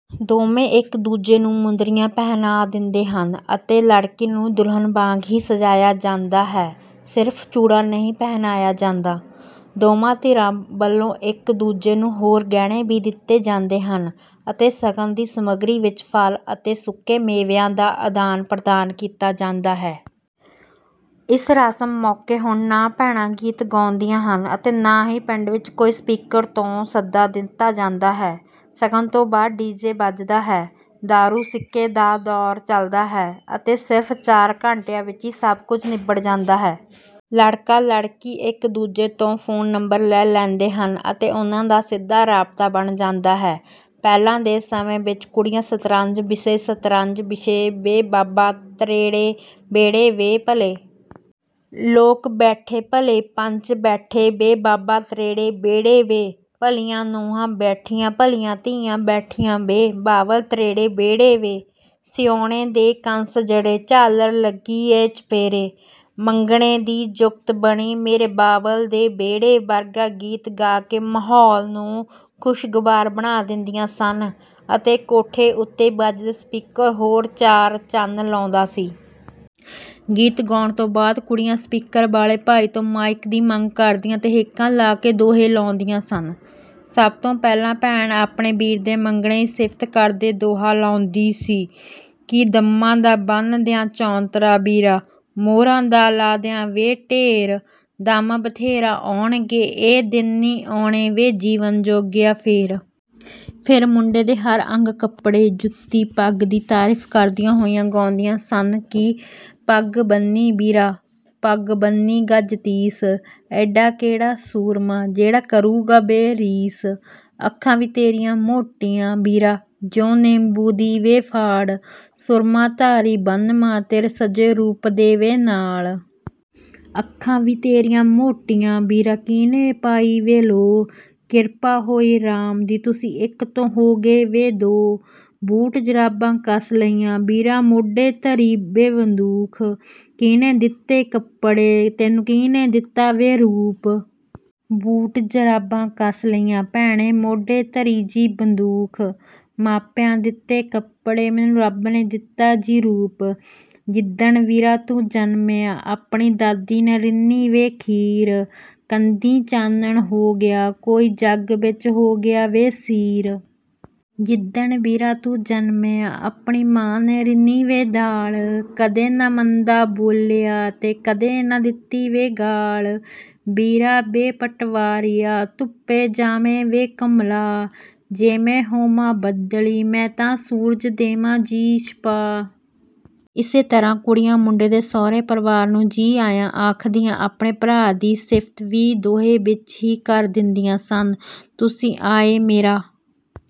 ਦੋਵੇਂ ਇੱਕ ਦੂਜੇ ਨੂੰ ਮੁੰਦਰੀਆਂ ਪਹਿਨਾ ਦਿੰਦੇ ਹਨ ਅਤੇ ਲੜਕੀ ਨੂੰ ਦੁਲਹਨ ਵਾਂਗ ਹੀ ਸਜਾਇਆ ਜਾਂਦਾ ਹੈ ਸਿਰਫ ਚੂੜਾ ਨਹੀਂ ਪਹਿਨਾਇਆ ਜਾਂਦਾ। ਦੋਵਾਂ ਧਿਰਾਂ ਵੱਲੋਂ ਇੱਕ ਦੂਜੇ ਨੂੰ ਹੋਰ ਗਹਿਣੇ ਵੀ ਦਿੱਤੇ ਜਾਂਦੇ ਹਨ ਅਤੇ ਸ਼ਗਨ ਦੀ ਸਮੱਗਰੀ ਵਿੱਚ ਫਲ ਅਤੇ ਸੁੱਕੇ ਮੇਵਿਆਂ ਦਾ ਆਦਾਨ ਪ੍ਰਦਾਨ ਕੀਤਾ ਜਾਂਦਾ ਹੈ। ਇਸ ਰਸਮ ਮੌਕੇ ਹੁਣ ਨਾ ਭੈਣਾਂ ਗੀਤ ਗਾਉਂਦੀਆਂ ਹਨ ਅਤੇ ਨਾ ਹੀ ਪਿੰਡ ਵਿੱਚ ਕੋਈ ਸਪੀਕਰ ਤੋਂ ਸੱਦਾ ਦਿੱਤਾ ਜਾਂਦਾ ਹੈ। ਸਗਨ ਤੋਂ ਬਾਅਦ ਡੀ ਜੇ ਵੱਜਦਾ ਹੈ, ਦਾਰੂ ਸਿੱਕੇ ਦਾ ਦੌਰ ਚੱਲਦਾ ਹੈ ਅਤੇ ਸਿਰਫ ਚਾਰ ਘੰਟਿਆਂ ਵਿੱਚ ਸਭ ਕੁਝ ਨਿਬੜ ਜਾਂਦਾ ਹੈ। ਲੜਕਾ ਲੜਕੀ ਇੱਕ ਦੂਜੇ ਤੋਂ ਫੋਨ ਨੰਬਰ ਲੈ ਲੈਂਦੇ ਹਨ ਅਤੇ ਉਨ੍ਹਾਂ ਦਾ ਸਿੱਧਾ ਰਾਬਤਾ ਬਣ ਜਾਂਦਾ ਹੈ। ਪਹਿਲਾਂ ਦੇ ਸਮੇਂ ਵਿੱਚ ਕੁੜੀਆਂ ਸ਼ਤਰੰਜ ਵਿਛੇ ਸ਼ਤਰੰਜ ਵਿਛੇ ਵੇ ਬਾਬਾ ਤੇਰੜੇ ਵਿਹੜੇ ਵੇ, ਭਲੇ ਲੋਕ ਬੈਠੇ ਭਲੇ ਪੰਚ ਬੈਠੇ ਵੇ ਬਾਬਾ ਤੇਰੜੇ ਵਿਹੜੇ ਵੇ, ਭਲੀਆਂ ਨੂੰਹਾਂ ਬੈਠੀਆਂ ਭਲੀਆਂ ਧੀਆਂ ਬੈਠੀਆਂ ਵੇ ਬਾਬਲ ਤੇਰੜੇ ਵਿਹੜੇ ਵੇ, ਸਿਉਨੇ ਦੇ ਕੰਸ ਜੜੇ ਝਾਲਰ ਲੱਗੀ ਐ ਚੁਫੇਰੇ, ਮੰਗਣੇ ਦੀ ਜੁਗਤ ਬਣੀ ਮੇਰੇ ਬਾਬਲ ਦੇ ਵਿਹੜੇ ਵਰਗੇ ਗੀਤ ਗਾ ਕੇ ਮਾਹੌਲ ਨੂੰ ਖੁਸ਼ਗਵਾਰ ਬਣਾ ਦਿੰਦੀਆਂ ਸਨ ਅਤੇ ਕੋਠੇ ਉੱਤੇ ਵੱਜਦਾ ਸਪੀਕਰ ਹੋਰ ਚਾਰ ਚੰਨ ਲਾਉਂਦਾ ਸੀ। ਗੀਤ ਗਾਉਣ ਤੋਂ ਬਾਅਦ ਕੁੜੀਆਂ ਸਪੀਕਰ ਵਾਲੇ ਭਾਈ ਤੋਂ ਮਾਈਕ ਦੀ ਮੰਗ ਕਰਦੀਆਂ ਤੇ ਹੇਕਾਂ ਲਾ ਕੇ ਦੋਹੇ ਲਾਉਂਦੀਆਂ ਸਨ। ਸਭ ਤੋਂ ਪਹਿਲਾਂ ਭੈਣ ਆਪਣੇ ਵੀਰ ਦੇ ਮੰਗਣੇ ਦੀ ਸਿਫਤ ਕਰਦੇ ਦੋਹਾ ਲਾਉਂਦੀ ਸੀ ਕਿ ਦੰਮਾਂ ਦਾ ਬੰਨ੍ਹ ਦਿਆਂ ਚੌਤਰਾ ਵੀਰਾ, ਮੋਹਰਾਂ ਦਾ ਲਾ ਦਿਆਂ ਵੇ ਢੇਰ, ਦੰਮ ਬਥੇਰੇ ਆਉਣਗੇ ਇਹ ਦਿਨ ਨਹੀਂ ਆਉਣੇ ਵੇ ਜੀਵਨ ਜੋਗਿਆ ਫੇਰ। ਫਿਰ ਮੁੰਡੇ ਦੇ ਹਰ ਅੰਗ ਕੱਪੜੇ, ਜੁੱਤੀ, ਪੱਗ ਦੀ ਤਾਰੀਫ ਕਰਦੀਆਂ ਹੋਈਆਂ ਗਾਉਂਦੀਆਂ ਸਨ ਕਿ ਪੱਗ ਬੰਨ੍ਹੀ ਵੀਰਾ ਪੱਗ ਬੰਨ੍ਹੀ ਗਜ਼ ਤੀਸ, ਐਡਾ ਕਿਹੜਾ ਸੂਰਮਾ ਜਿਹੜਾ ਕਰੂਗਾ ਵੇ ਰੀਸ। ਅੱਖਾਂ ਵੀ ਤੇਰੀਆਂ ਮੋਟੀਆਂ ਵੀਰਾ ਜਿਉਂ ਨਿੰਬੂ ਦੀ ਵੇ ਫਾੜ, ਸੂਰਮਾ ਧਾਰੀ ਬੰਨ੍ਹਵਾਂ ਤੇਰੇ ਸਜੇ ਰੂਪ ਦੇ ਵੇ ਨਾਲ। ਅੱਖਾਂ ਵੀ ਤੇਰੀਆਂ ਮੋਟੀਆਂ ਵੀਰਾ ਕੀਹਨੇ ਪਾਈ ਵੇ ਲੋਅ, ਕਿਰਪਾ ਹੋਈ ਰਾਮ ਦੀ ਤੁਸੀਂ ਇੱਕ ਤੋਂ ਹੋ ਗਏ ਵੇ ਦੋ। ਬੂਟ ਜੁਰਾਬਾਂ ਕਸ ਲਈਆਂ ਵੀਰਾ ਮੋਢੇ ਧਰੀ ਵੇ ਬੰਦੂਕ, ਕੀਹਨੇ ਦਿੱਤੇ ਕੱਪੜੇ ਤੈਨੂੰ ਕੀਹਨੇ ਦਿੱਤਾ ਵੇ ਰੂਪ। ਬੂਟ ਜੁਰਾਬਾਂ ਕਸ ਲਈਆਂ ਭੈਣੇ ਮੋਢੇ ਧਰੀ ਜੀ ਬੰਦੂਕ, ਮਾਪਿਆਂ ਦਿੱਤੇ ਕੱਪੜੇ ਮੈਨੂੰ ਰੱਬ ਨੇ ਦਿੱਤਾ ਜੀ ਰੂਪ। ਜਿਦਣ ਵੀਰਾ ਤੂੰ ਜਨਮਿਆ ਆਪਣੀ ਦਾਦੀ ਨੇ ਰਿੰਨ੍ਹੀ ਵੇ ਖੀਰ, ਕੰਧੀਂ ਚਾਨਣ ਹੋ ਗਿਆ ਕੋਈ ਜੱਗ ਵਿੱਚ ਹੋ ਗਿਆ ਵੇ ਸੀਰ। ਜਿੱਦਣ ਵੀਰਾ ਤੂੰ ਜਨਮਿਆ ਆਪਣੀ ਮਾਂ ਨੇ ਰਿੰਨੀ ਵੇ ਦਾਲ, ਕਦੇ ਨਾ ਮੰਦਾ ਬੋਲਿਆ ਤੈਂ ਕਦੇ ਨਾ ਦਿੱਤੀ ਵੇ ਗਾਲ੍ਹ। ਵੀਰਾ ਵੇ ਪਟਵਾਰੀਆ ਧੁੱਪੇ ਜਾਵੇਂ ਵੇ ਕੁਮਲਾ, ਜੇ ਮੈਂ ਹੋਵਾਂ ਬੱਦਲੀ ਮੈਂ ਤਾਂ ਸੂਰਜ ਦੇਵਾਂ ਜੀ ਛੁਪਾ। ਇਸ ਤਰ੍ਹਾਂ ਕੁੜੀਆਂ ਮੁੰਡੇ ਦੇ ਸਹੁਰੇ ਪਰਿਵਾਰ ਨੂੰ ਜੀ ਆਇਆਂ ਆਖਦੀਆਂ ਆਪਣੇ ਭਰਾ ਦੀ ਸਿਫਤ ਵੀ ਦੋਹੇ ਵਿੱਚ ਹੀ ਕਰ ਦਿੰਦੀਆਂ ਸਨ। ਤੁਸੀਂ ਆਏ ਮੇਰਾ